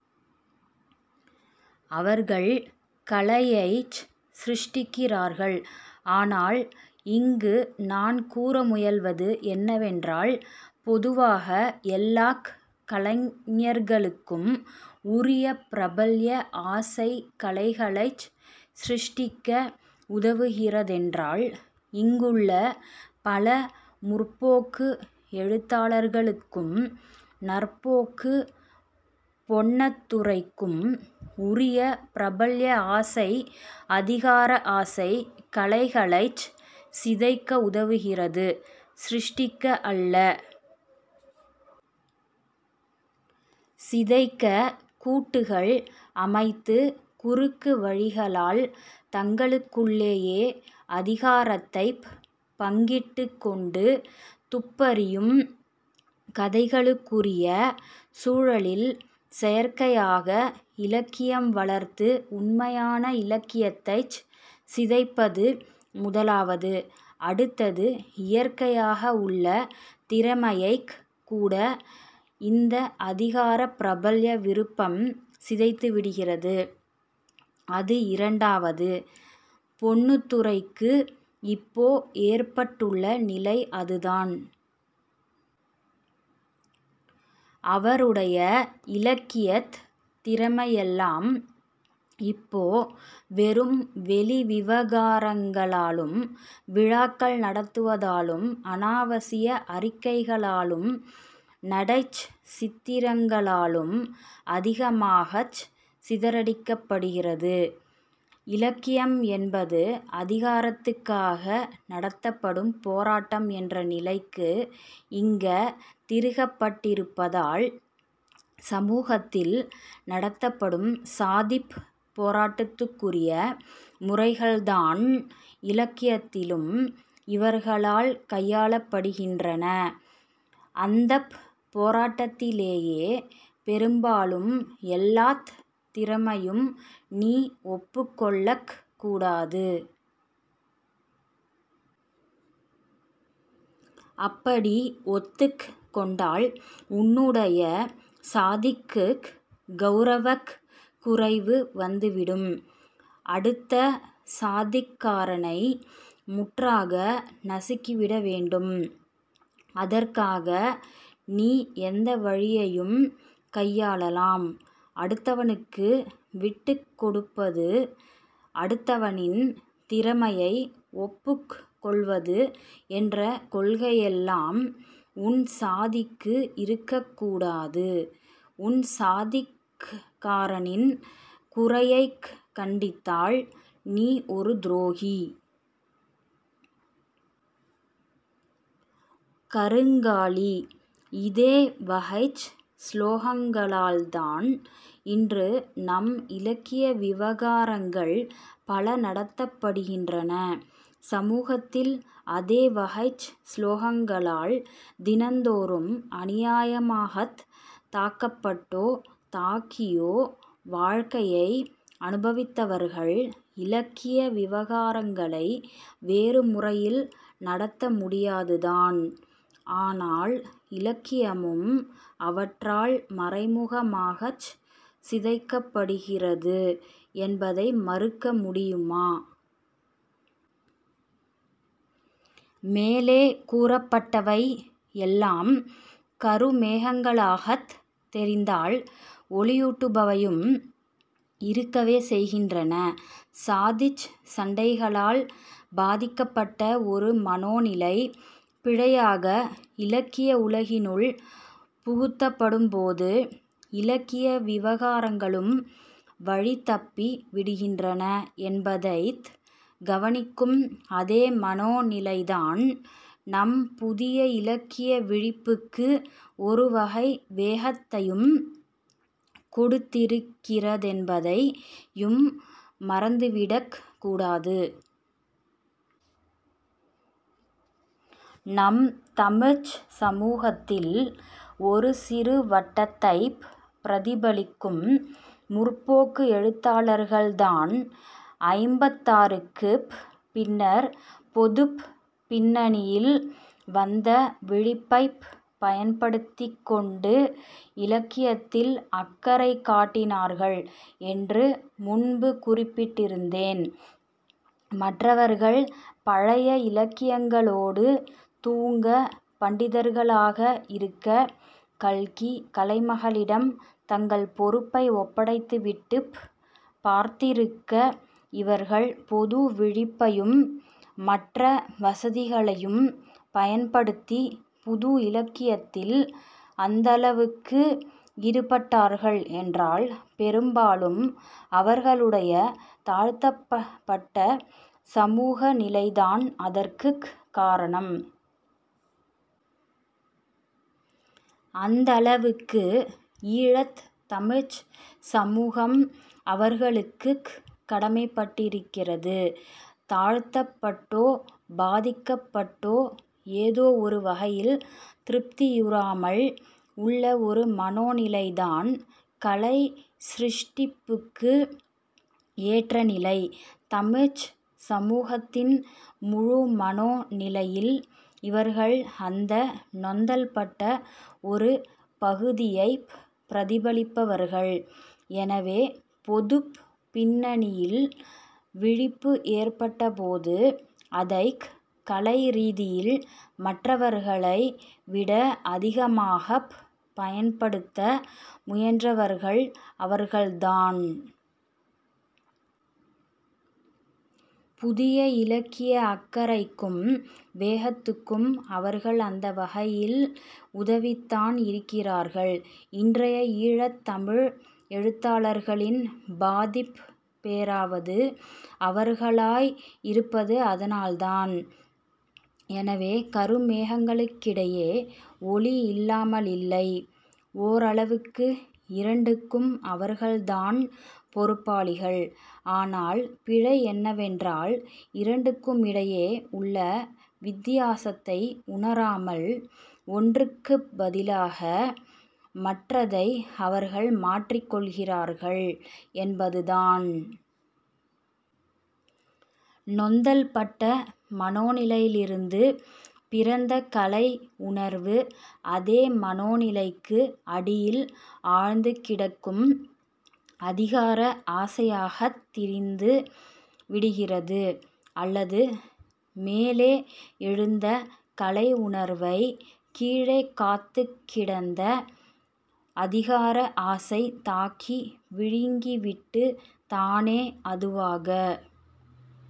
அவர்கள் கலையைச் சிருஷ்டிக்கிறார்கள். ஆனால் இங்கு நான் கூற முயல்வது என்னவென்றால் பொதுவாக எல்லாக் கலைஞர்களுக்கும் உரிய பிரபல்ய ஆசை கலைகளைச் சிருஷ்டிக்க உதவுகிறதென்றால் இங்குள்ள பல 'முற்போக்கு' எழுத்தாளர்களுக்கும் 'நற்போக்கு' பொன்னத்துரைக்கும் உரிய பிரபல்ய ஆசை அதிகார ஆசை கலைகளைச் சிதைக்க உதவுகிறது. சிருஷ்டிக்க அல்ல. சிதைக்க! கூட்டுகள் அமைத்து குறுக்கு வழிகளால் தங்களுக்குள்ளேயே அதிகாரத்தைப் பங்கிட்டுக்கொண்டு துப்பறியும் கதைகளுக்குரிய சூழலில் செயற்கையாக இலக்கியம் வளர்த்து உண்மையான இலக்கியத்தைச் சிதைப்பது முதலாவது. அடுத்தது, இயற்கையாக உள்ள திறமையைக் கூட இந்த அதிகார பிரபல்ய விருப்பம் சிதைத்து விடுகிறது. அது இரண்டாவது. பொன்னுத்துரைக்கு இப்போ ஏற்பட்டுள்ள நிலை அதுதான். அவருடைய இலக்கியத் திறமையெல்லாம் இப்போ வெறும் வெளி விவகாரங்களாலும் விழாக்கள் நடத்துவதாலும் அனாவசிய அறிக்கைகளாலும் நடைச் சித்திரங்களாலும் அதிகமாகச் சிதறடிக்கப்படுகிறது. இலக்கியம் என்பது அதிகாரத்துக்காக நடத்தப்படும் போராட்டம் என்ற நிலைக்கு இங்க திருகப்பட்டிருப்பதால், சமூகத்தில் நடத்தப்படும் சாதிப் போராட்டத்துக்குரிய முறைகள்தான் இலக்கியத்திலும் இவர்களால் கையாளப்படுகின்றன. அந்தப் போராட்டத்திலேயே பெரும்பாலும் எல்லாத் திறமையும் நீ ஒப்புக்கொள்ளக் கூடாது. அப்படி ஒத்துக்கொண்டால் உன்னுடைய சாதிக்குக் கௌரவக் குறைவு வந்துவிடும். அடுத்த சாதிக்காரனை முற்றாக நசுக்கிவிட வேண்டும். அதற்காக நீ எந்தவழியையும் கையாளலாம். அடுத்தவனுக்கு விட்டுக்கொடுப்பது, அடித்தவனின் திறமையை ஒப்புக்கொள்வது என்ற கொள்கையெல்லாம் உன் சாதிக்கு இருக்கக் கூடாது. உன் சாதிக்காரனின் குறையைக் கண்டித்தால் நீ ஒரு துரோகி. கருங்காலி. இதே வகைச் சுலோகங்களால்தான் இன்று நம் இலக்கிய விவகாரங்கள் பல நடத்தப்படுகின்றன. சமூகத்தில் அதே வகைச் சுலோகங்களால் தினந்தோறும் அநியாயமாகத் தாக்கப்பட்டோ, தாக்கியோ வாழ்க்கையை அனுபவித்தவர்கள் இலக்கிய விவகாரங்களை வேறு முறையில் நடத்த முடியாதுதான். ஆனால் இலக்கியமும் அவற்றால் மறைமுகமாகச் சிதைக்கப்படுகிறது என்பதை மறுக்க முடியுமா? மேலே கூறப்பட்டவை எல்லாம் கருமேகங்களாகத் தெரிந்தால் ஒளியூட்டுபவையும் இருக்கவே செய்கின்றன. சாதிச் சண்டைகளால் பாதிக்கப்பட்ட ஒரு மனோ நிலை, பிழையாக இலக்கிய உலகினுள் புகுத்தப்படும்போது இலக்கிய விவகாரங்களும் வழிதப்பி விடுகின்றன என்பதைத் கவனிக்கும் அதே மனோநிலைதான் நம் புதிய இலக்கிய விழிப்புக்கு ஒருவகை வேகத்தையும் கொடுத்திருக்கிறதென்பதையும் மறந்துவிடக்கூடாது. நம் தமிழ்ச் சமூகத்தில் ஒரு சிறு வட்டத்தைப் பிரதிபலிக்கும் 'முற்போக்கு' எழுத்தாளர்கள் தான் ஐம்பத்தாறுக்குப் பின்னர் பொதுப் பின்னணியில் வந்த விழிப்பைப் பயன்படுத்திக்கொண்டு இலக்கியத்தில் அக்கறை காட்டினார்கள் என்று முன்பு குறிப்பிட்டிருந்தேன். மற்றவர்கள் பழைய இலக்கியங்களோடு தூங்க, பண்டிதர்களாக இருக்க, 'கல்கி,' 'கலைமகளி'டம் தங்கள் பொறுப்பை ஒப்படைத்துவிட்டுப் பார்த்திருக்க, இவர்கள் பொது விழிப்பையும் மற்ற வசதிகளையும் பயன்படுத்தி புது இலக்கியத்தில் அந்தளவுக்கு ஈடுபட்டார்கள் என்றால் பெரும்பாலும் அவர்களுடைய தாழ்த்தப்பட்ட சமூக நிலைதான் அதற்குக் காரணம். அந்தளவுக்கு ஈழத் தமிழ்ச் சமூகம் அவர்களுக்குக் கடமைப்பட்டிருக்கிறது. தாழ்த்தப்பட்டோ பாதிக்கப்பட்டோ ஏதோ ஒரு வகையில் திருப்தியுறாமல் உள்ள ஒரு மனோநிலைதான் கலை சிருஷ்டிப்புக்கு ஏற்ற நிலை. தமிழ்ச் சமூகத்தின் முழு மனோநிலையில் இவர்கள் அந்த நொந்தல்பட்ட ஒரு பகுதியைப் பிரதிபலிப்பவர்கள். எனவே, பொதுப் பின்னணியில் விழிப்பு ஏற்பட்டபோது அதைக் கலை ரீதியில் மற்றவர்களை விட அதிகமாகப் பயன்படுத்த முயன்றவர்கள் அவர்கள்தான். புதிய இலக்கிய அக்கறைக்கும் வேகத்துக்கும் அவர்கள் அந்த வகையில் உதவித்தான் இருக்கிறார்கள். இன்றைய ஈழத் தமிழ் எழுத்தாளர்களின் பாதிப் பேராவது அவர்களாய் இருப்பது அதனால்தான். எனவே, கருமேகங்களுக்கிடையே ஒளி இல்லாமலில்லை. ஓரளவுக்கு இரண்டுக்கும் அவர்கள்தான் பொறுப்பாளிகள். ஆனால் பிழை என்னவென்றால் இரண்டுக்குமிடையே உள்ள வித்தியாசத்தை உணராமல் ஒன்றுக்குப் பதிலாக மற்றதை அவர்கள் மாற்றிக்கொள்கிறார்கள் என்பதுதான். நொந்தல்பட்ட மனோநிலையிலிருந்து பிறந்த கலை உணர்வு அதே மனோநிலைக்கு அடியில் ஆழ்ந்து கிடக்கும் அதிகார ஆசையாகத் திரிந்து விடுகிறது. அல்லது மேலே எழுந்த கலை உணர்வை கீழே காத்துக் கிடந்த அதிகார ஆசை தாக்கி விழுங்கிவிட்டு, தானே அதுவாக